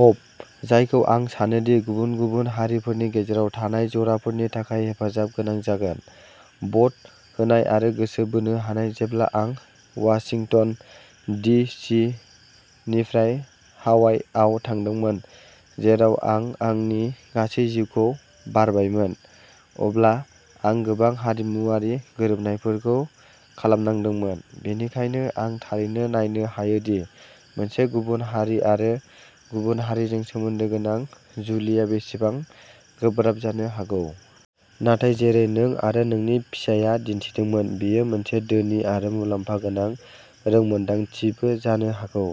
हब जायखौ आं सानो दि गुबुन गुबुन हारिफोरनि गेजेराव थानाय जराफोरनि थाखाय हेफाजाब गोनां जागोन। भट होनाय आरो गोसो बोनो हानाय। जेब्ला आं वाशिंटन डि. सि. निफ्राय हावाइआव थांदोंमोन, जेराव आं आंनि गासै जिउखौ बारबायमोन, अब्ला आं गोबां "हारिमुआरि" गोरोबनायफोरखौ खालामनांदोंमोन, बेनिखायनो आं थारैनो नायनो हायोदि मोनसे गुबुन हारि आरो गुबुन हारिजों सोमोन्दो गोनां जुलिया बेसेबां गोब्राब जानो हागौ। नाथाय, जेरै नों आरो नोंनि फिसाया दिन्थिदों, बेयो मोनसे धोनि आरो मुलाम्फा गोनां रोंमोनदांथिबो जानो हागौ।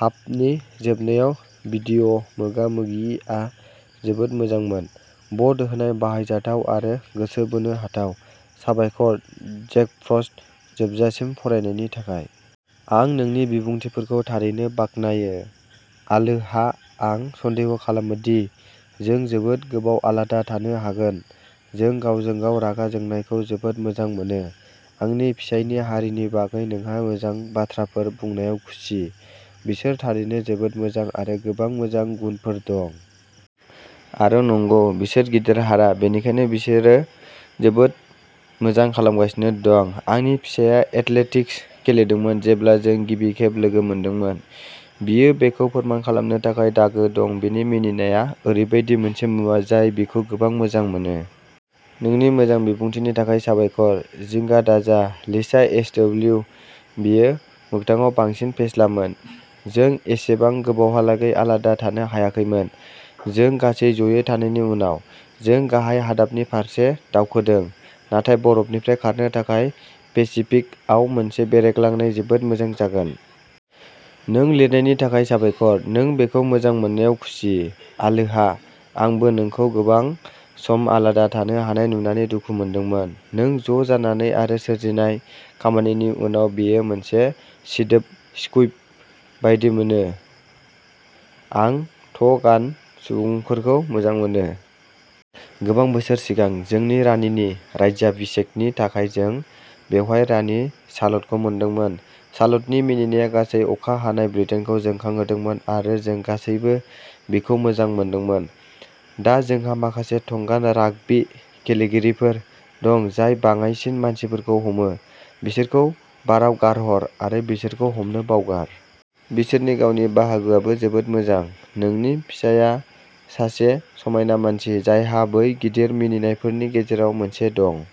हाबनि जोबनायाव भिडिअ'मोगा-मोगिआ जोबोद मोजांमोन। भ'ट होनाय, बाहायजाथाव, आरो गोसो बोनो हाथाव। साबायखर, जेग्डफ्रस्ट, जोबजासिम फरायनायनि थाखाय। आं नोंनि बिबुंथिफोरखौ थारैनो बाख्नायो। आलोहा! आं सन्देह खालामो दि जों जोबोद गोबाव आलादा थानो हागोन-जों गावजों-गाव रागा जोंनायखौ जोबोद मोजां मोनो! आंनि फिसायनि हारिनि बागै नोंहा मोजां बाथ्राफोर बुंनायाव खुसि। बिसोर थारैनो जोबोद मोजां, आरो गोबां मोजां गुनफोर दं। आरो, नंगौ, बिसोर गिदिर हारा, बेनिखायनो बिसोरो जोबोद मोजां खालामगासिनो दं। आंनि फिसाया एथलेटिक्स गेलेदोंमोन जेब्ला जों गिबि खेब लोगो मोनदोंमोन। बियो बेखौ फोरमान खालामनो थाखाय दागो दं। बिनि मिनिनाया ओरैबायदि मोनसे मुवा जाय बिखौ गोबां मोजां मोनो। नोंनि मोजां बिबुंथिनि थाखाय साबायखर। जिंगा दाजा लिसा एइचडब्लिउ। बेयो मोगथाङाव बांसिन फेस्लामोन। जों एसेबां गोबावहालागै आलादा थानो हायाखैमोन, जों गासै जयै थानायनि उनाव। जों गाहाय हादाबनि फारसे दावखोदों, नाथाय बरफनिफ्राय खारनो थाखाय पेसिफिकआव मोनसे बेरायग्लांनाय जोबोद मोजां जागोन। नों लिरनायनि थाखाय साबायखर। नों बेखौ मोजां मोननायाव खुसि। आलोहा! आंबो नोंखौ गोबां सम आलादा थानो हानाय नुनानै दुखु मोनदोंमोन। नों ज'जानानै आरो सोरजिनाय खामानिनि उनाव बेयो मोनसे सिदोब स्कुइब बायदि मोनो। आं ट'गान सुबुंफोरखौ मोजां मोनो। गोबां बोसोर सिगां, जोंनि रानिनि राज्याभिषेकनि थाखाय जों बेवहाय रानि साल'टखौ मोनदोंमोन। साल'टनि मिनिनाया गासै अखा हानाय ब्रिटेनखौ जोंखांहोदोंमोन आरो जों गासैबो बिखौ मोजां मोनदोंमोन। दा जोंहा माखासे टंगान राग्बी गेलेगिरिफोर दं, जाय बाङाइसिन मानसिफोरखौ हमो; बिसोरखौ बाराव गारहर आरो बिसोरखौ हमनो बावगार! बिसोरनि गावनि बाहागोआबो जोबोद मोजां। नोंनि फिसायआ सासे समायना मानसि, जायहा बै गिदिर मिनिनायफोरनि गेजेराव मोनसे दं।